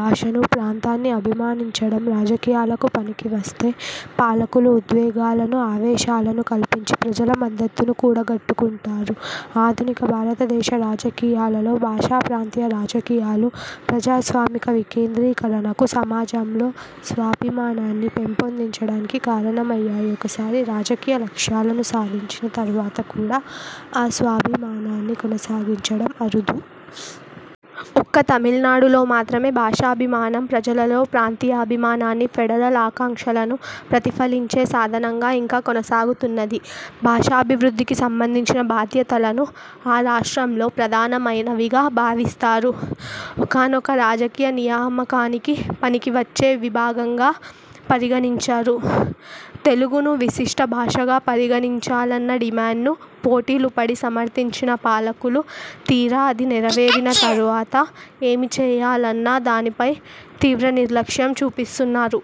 భాషను, ప్రాంతాన్ని అభిమానించడం రాజకీయాలకు పనికివస్తే పాలకులు, ఉద్వేగాలను, ఆవేశాలను కల్పించి ప్రజల మద్దతును కూడగట్టుకుంటారు. ఆధునిక భారతదేశ రాజకీయాలలో భాషాప్రాంతీయ రాజకీయాలు ప్రజాస్వామిక వికేంద్రీకరణకు, సమాజంలో స్వాభిమానాన్ని పెంపొందించడానికి కారణమయ్యాయి. ఒకసారి రాజకీయ లక్ష్యాలను సాధించిన తరువాత కూడా ఆ స్వాభిమానాన్ని కొనసాగించడం అరుదు. ఒక్క తమిళనాడులో మాత్రమే భాషాభిమానం ప్రజలలో ప్రాంతీయాభిమానాన్ని, ఫెడరల్ ఆకాంక్షలను ప్రతిఫలించే సాధనంగా ఇంకా కొనసాగుతున్నది. భాషాభివృద్ధికి సంబంధించిన బాధ్యతలను ఆ రాష్ట్రంలో ప్రధానమైనవిగా భావిస్తారు. ఒకానొక రాజకీయ నియామకానికి పనికివచ్చే విభాగంగా పరిగణించరు. తెలుగును విశిష్ట భాషగా పరిగణించాలన్న డిమాండ్ను పోటీలుపడి సమర్థించిన పాలకులు, తీరా అది నెరవేరిన తరువాత ఏమి చేయాలన్న దానిపై తీవ్రనిర్లక్ష్యం చూపిస్తున్నారు.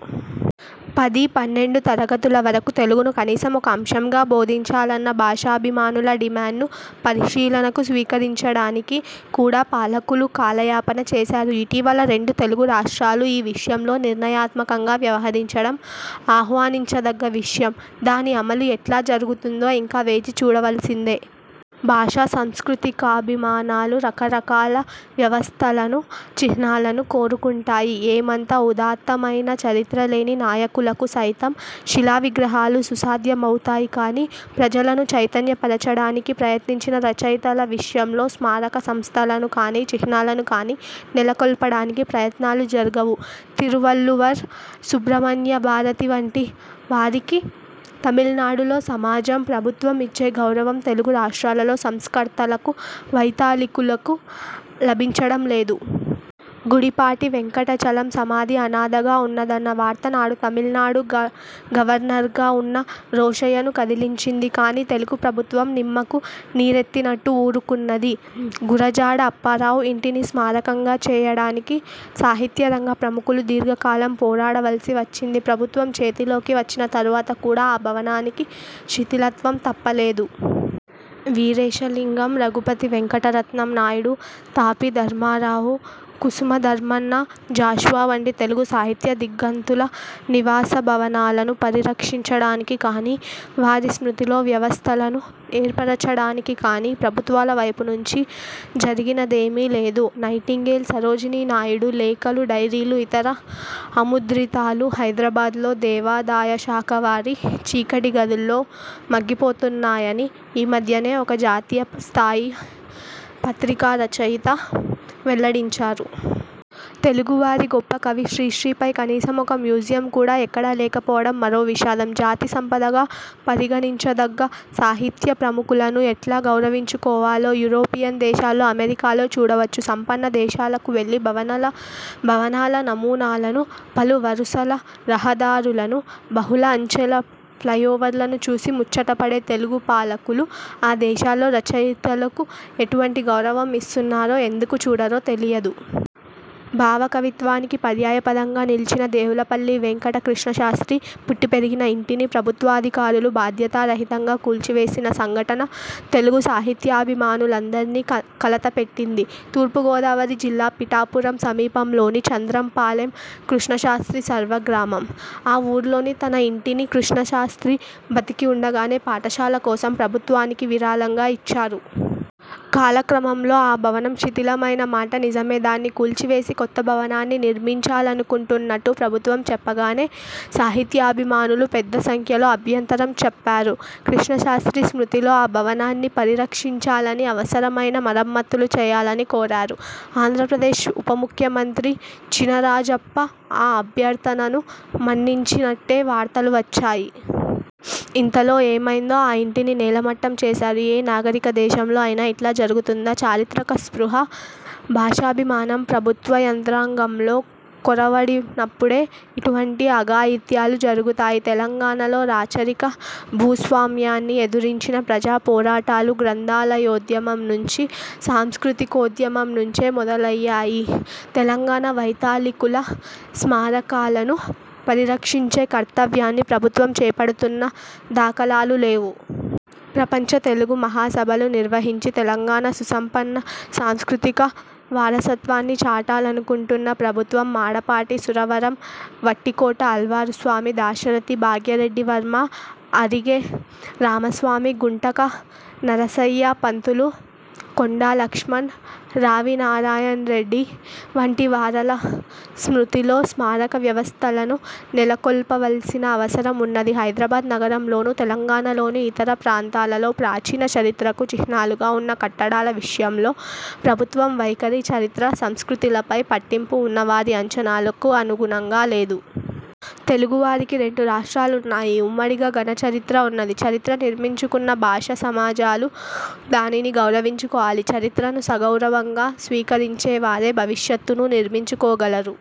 పది, పన్నెండు తరగతుల వరకు తెలుగును కనీసం ఒక అంశంగా బోధించాలన్న భాషాభిమానుల డిమాండ్ను పరిశీలనకు స్వీకరించడానికి కూడా పాలకులు కాలయాపన చేశారు. ఇటీవల రెండు తెలుగు రాష్ట్రాలు ఈ విషయంలో నిర్ణయాత్మకంగా వ్యవహరించడం ఆహ్వానించదగ్గ విషయం. దాని అమలు ఎట్లా జరుగుతుందో ఇంకా వేచి చూడవలసిందే. భాషా సాంస్కృతికాభిమానాలు రకరకాల వ్యవస్థలను, చిహ్నాలను కోరుకుంటాయి. ఏమంత ఉదాత్తమయిన చరిత్రలేని నాయకులకు సైతం శిలావిగ్రహాలు సుసాధ్యమవుతాయి కానీ, ప్రజలను చైతన్యపరచడానికి ప్రయత్నించిన రచయితల విషయంలో స్మారక సంస్థలను కానీ, చిహ్నాలను కానీ నెలకొల్పడానికి ప్రయత్నాలు జరగవు. తిరువళ్లువర్, సుబ్రహ్మణ్యభారతి వంటి వారికి తమిళనాడులో సమాజం, ప్రభుత్వం ఇచ్చే గౌరవం తెలుగు రాష్ట్రాలలో సంస్కర్తలకు, వైతాళికులకు లభించడం లేదు. గుడిపాటి వెంకటచలం సమాధి అనాథగా ఉన్నదన్న వార్త, నాడు తమిళనాడు గవర్నర్గా ఉన్న రోశయ్యను కదిలించింది కానీ, తెలుగు ప్రభుత్వం నిమ్మకు నీరెత్తినట్టు ఊరుకున్నది. గురజాడ అప్పారావు ఇంటిని స్మారకంగా చేయడానికి సాహిత్యరంగ ప్రముఖులు దీర్ఘకాలం పోరాడవలసి వచ్చింది. ప్రభుత్వం చేతిలోకి వచ్చిన తరువాత కూడా ఆ భవనానికి శిథిలత్వం తప్పలేదు. వీరేశలింగం, రఘుపతి వెంకటరత్నం నాయుడు, తాపీధర్మారావు, కుసుమధర్మన్న, జాషువా వంటి తెలుగు సాహిత్య దిగ్దంతుల నివాసభవనాలను పరిరక్షించడానికి కానీ, వారి స్మృతిలో వ్యవస్థలను ఏర్పరచడానికి కానీ ప్రభుత్వాలవైపు నుంచి జరిగినదేమీ లేదు. నైటింగేల్ సరోజినీ నాయుడు లేఖలు, డైరీలు, ఇతర అముద్రితాలు హైదరాబాద్లో దేవాదాయశాఖవారి చీకటి గదుల్లో మగ్గిపోతున్నాయని ఈ మధ్యనే ఒక జాతీయస్థాయి పత్రికారచయిత వెల్లడించారు. తెలుగువారి గొప్ప కవి శ్రీశ్రీ పై కనీసం ఒక మ్యూజియం కూడా ఎక్కడా లేకపోవడం మరో విషాదం. జాతి సంపదగా పరిగణించదగ్గ సాహిత్య ప్రముఖులను ఎట్లా గౌరవించుకోవాలో, యూరోపియన్ దేశాల్లో, అమెరికాలో చూడవచ్చు. సంపన్న దేశాలకు వెళ్లి భవనాల నమూనాలను, పలువరుసల రహదారులను, బహుళ అంచెల ఫ్లయి ఓవర్లను చూసి ముచ్చటపడే తెలుగు పాలకులు, ఆ దేశాల్లో రచయితలకు ఎటువంటి గౌరవం ఇస్తున్నారో ఎందుకు చూడరో తెలియదు. భావకవిత్వానికి పర్యాయపదంగా నిలిచిన దేవులపల్లి వేంకట కృష్ణశాస్త్రి పుట్టిపెరిగిన ఇంటిని ప్రభుత్వాధికారులు బాధ్యతారహితంగా కూల్చివేసిన సంఘటన తెలుగు సాహిత్యాభిమానులందరినీ కలతపెట్టింది. తూర్పుగోదావరి జిల్లా పిఠాపురం సమీపంలోని చంద్రంపాలెం కృష్ణశాస్త్రి స్వగ్రామం. ఆ ఊర్లోని తన ఇంటిని కృష్ణశాస్త్రి బతికి ఉండగానే పాఠశాల కోసం ప్రభుత్వానికి విరాళంగా ఇచ్చారు. కాలక్రమంలో ఆ భవనం శిథిలమయిన మాట నిజమే. దాన్ని కూల్చివేసి, కొత్త భవనాన్ని నిర్మించాలనుకుంటున్నట్టు ప్రభుత్వం చెప్పగానే, సాహిత్యాభిమానులు పెద్దసంఖ్యలో అభ్యంతరం చెప్పారు. కృష్ణశాస్త్రి స్మృతిలో ఆ భవనాన్ని పరిరక్షించాలని, అవసరమైన మరమ్మత్తులు చేయాలని కోరారు. ఆంధ్రప్రదేశ్ ఉపముఖ్యమంత్రి చినరాజప్ప ఆ అభ్యర్థనను మన్నించినట్టే వార్తలు వచ్చాయి. ఇంతలో ఏమయిందో, ఆ ఇంటిని నేలమట్టం చేశారు. ఏ నాగరికదేశంలో అయినా ఇట్లా జరుగుతుందా? చారిత్రక స్పృహ, భాషాభిమానం ప్రభుత్వయంత్రాంగంలో కొరవడినప్పుడే ఇటువంటి అఘాయిత్యాలు జరుగుతాయి. తెలంగాణలో రాచరిక భూస్వామ్యాన్ని ఎదిరించిన ప్రజాపోరాటాలు గ్రంథాలయోద్యమం నుంచి, సాంస్కృతికోద్యమం నుంచే మొదలయ్యాయి. తెలంగాణ వైతాళికుల స్మారకాలను పరిరక్షించే కర్తవ్యాన్ని ప్రభుత్వం చేపడుతున్న దాఖలాలు లేవు. ప్రపంచ తెలుగు మహాసభలు నిర్వహించి, తెలంగాణ సుసంపన్న సాంస్కృతిక వారసత్వాన్ని చాటాలనుకుంటున్న ప్రభుత్వం మాడపాటి, సురవరం, వట్టికోట ఆళ్వారుస్వామి, దాశరథి, భాగ్యరెడ్డివర్మ, అరిగే రామస్వామి, గుంటక నరసయ్య పంతులు, కొండాలక్ష్మణ్, రావినారాయణరెడ్డి వంటి వారల స్మృతిలో స్మారక వ్యవస్థలను నెలకొల్పవలసిన అవసరం ఉన్నది. హైదరాబాద్ నగరంలోను, తెలంగాణలోని ఇతర ప్రాంతాలలో ప్రాచీన చరిత్రకు చిహ్నాలుగా ఉన్న కట్టడాల విషయంలో ప్రభుత్వం వైఖరి, చరిత్ర, సంస్కృతిలపై పట్టింపు ఉన్నవారి ఆంచనాలకు అనుగుణంగా లేదు. తెలుగువారికి రెండు రాష్ట్రాలున్నాయి. ఉమ్మడిగా ఘనచరిత్ర ఉన్నది. చరిత్ర నిర్మించుకున్న భాషాసమాజాలు దానిని గౌరవించుకోవాలి. చరిత్రను సగౌరవంగా స్వీకరించేవారే భవిష్యత్తునూ నిర్మించుకోగలరు.